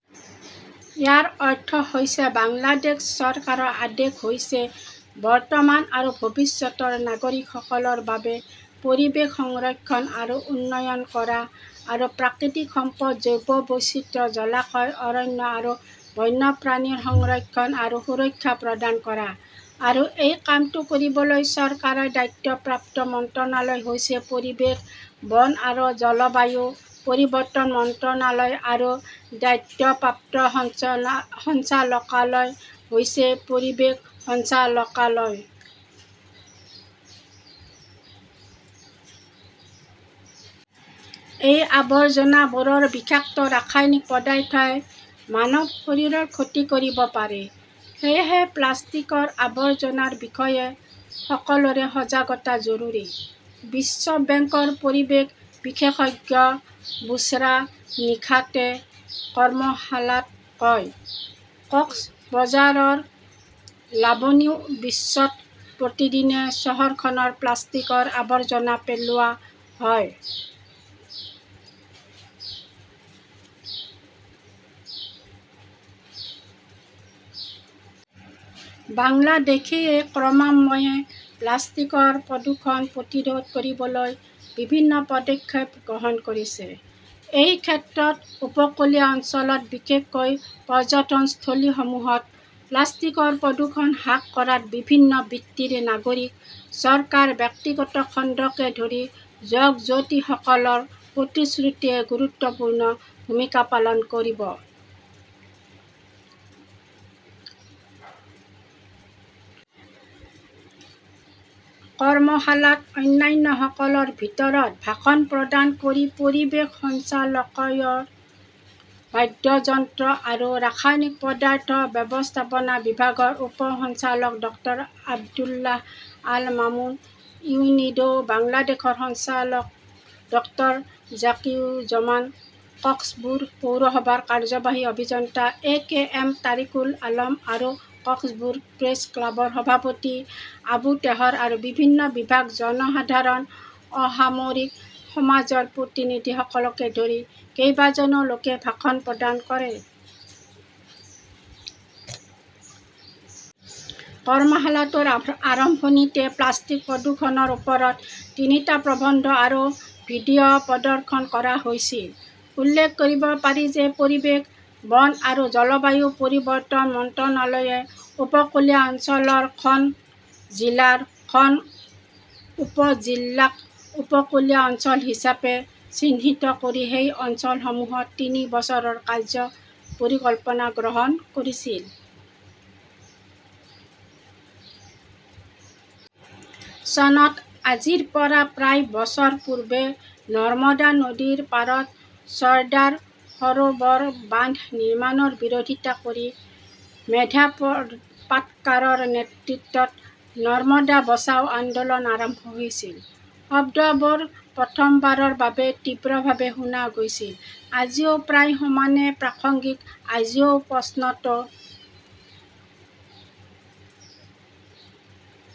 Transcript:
ইয়াৰ অৰ্থ হৈছে বাংলাদেশ চৰকাৰৰ আদেশ হৈছে বৰ্তমান আৰু ভৱিষ্যতৰ নাগৰিকসকলৰ বাবে পৰিৱেশ সংৰক্ষণ আৰু উন্নয়ন কৰা আৰু প্ৰাকৃতিক সম্পদ, জৈৱ বৈচিত্ৰ্য, জলাশয়, অৰণ্য আৰু বন্যপ্ৰাণীৰ সংৰক্ষণ আৰু সুৰক্ষা প্ৰদান কৰা। আৰু এই কামটো কৰিবলৈ চৰকাৰৰ দায়িত্বপ্ৰাপ্ত মন্ত্ৰালয় হৈছে পৰিৱেশ, বন আৰু জলবায়ু পৰিৱৰ্তন মন্ত্ৰালয় আৰু দায়িত্বপ্ৰাপ্ত সঞ্চালকালয় হৈছে পৰিৱেশ সঞ্চালকালয়। এই আৱৰ্জনাবোৰৰ বিষাক্ত ৰাসায়নিক পদাৰ্থই মানৱ শৰীৰৰ ক্ষতি কৰিব পাৰে। সেয়েহে, প্লাষ্টিকৰ আৱৰ্জনাৰ বিষয়ে সকলোৰে সজাগতা জৰুৰী। "বিশ্ব বেংকৰ পৰিৱেশ বিশেষজ্ঞ বুশ্ৰা নিশাতে কৰ্মশালাত কয়", "কক্সবাজাৰৰ লাবনী বীচ্চত প্ৰতিদিনে চহৰখনৰ প্লাষ্টিকৰ আৱৰ্জনা পেলোৱা হয়। " বাংলাদেশই ক্ৰমান্বয়ে প্লাষ্টিকৰ প্ৰদূষণ প্ৰতিৰোধ কৰিবলৈ বিভিন্ন পদক্ষেপ গ্ৰহণ কৰিছে। এই ক্ষেত্ৰত উপকূলীয় অঞ্চলত বিশেষকৈ পৰ্যটনস্থলীসমূহত প্লাষ্টিকৰ প্ৰদূষণ হ্ৰাস কৰাত বিভিন্ন বৃত্তিৰ নাগৰিক, চৰকাৰ, ব্যক্তিগত খণ্ডকে ধৰি যুৱক-যুৱতীসকলৰ প্ৰতিশ্ৰুতিয়ে গুৰুত্বপূৰ্ণ ভূমিকা পালন কৰিব। "কৰ্মশালাত অন্যান্যসকলৰ ভিতৰত ভাষণ প্ৰদান কৰি পৰিৱেশ সঞ্চালকালয়ৰ বাদ্যযন্ত্ৰ আৰু ৰাসায়নিক পদাৰ্থ ব্যৱস্থাপনা বিভাগৰ উপ সঞ্চালক ড আব্দুল্লাহ আল মামুন, ইউনিডো বাংলাদেশৰ সঞ্চালক ড জাকিউজমান, কক্সবুৰ পৌৰসভাৰ কাৰ্যবাহী অভিযন্তা A K M Tariqul Alam আৰু কক্সবুৰ প্ৰেছ ক্লাবৰ সভাপতি আবু তেহৰ আৰু বিভিন্ন বিভাগ, জনসাধাৰণ, অসামৰিক সমাজৰ প্ৰতিনিধিসকলকে ধৰি কেইবাজনো লোকে ভাষণ প্ৰদান কৰে। কৰ্মশালাটোৰ আৰম্ভণিতে প্লাষ্টিক প্ৰদূষণৰ ওপৰত তিনিটা প্ৰবন্ধ আৰু ভিডিঅ 'প্ৰদৰ্শন কৰা হৈছিল। উল্লেখ কৰিব পাৰি যে পৰিৱেশ, বন আৰু জলবায়ু পৰিৱৰ্তন মন্ত্ৰালয়ে উপকূলীয় অঞ্চলৰ খন জিলাৰ খন উপজিল্লাক উপকূলীয় অঞ্চল হিচাপে চিহ্নিত কৰি সেই অঞ্চলসমূহত তিনি বছৰৰ কাৰ্য্য পৰিকল্পনা গ্ৰহণ কৰিছিল। চনত আজিৰ পৰা প্ৰায় বছৰ পূৰ্বে নৰ্মদা নদীৰ পাৰত চৰ্দাৰ সৰোবৰ বান্ধ নিৰ্মাণৰ বিৰোধিতা কৰি মেধা পাটকাৰৰ নেতৃত্বত নৰ্মদা বচাও আন্দোলন আৰম্ভ হৈছিল। শব্দবোৰ প্ৰথমবাৰৰ বাবে তীব্ৰভাৱে শুনা গৈছিল। আজিও প্ৰায় সমানেই প্ৰাসংগিক। আজিও প্ৰশ্নটো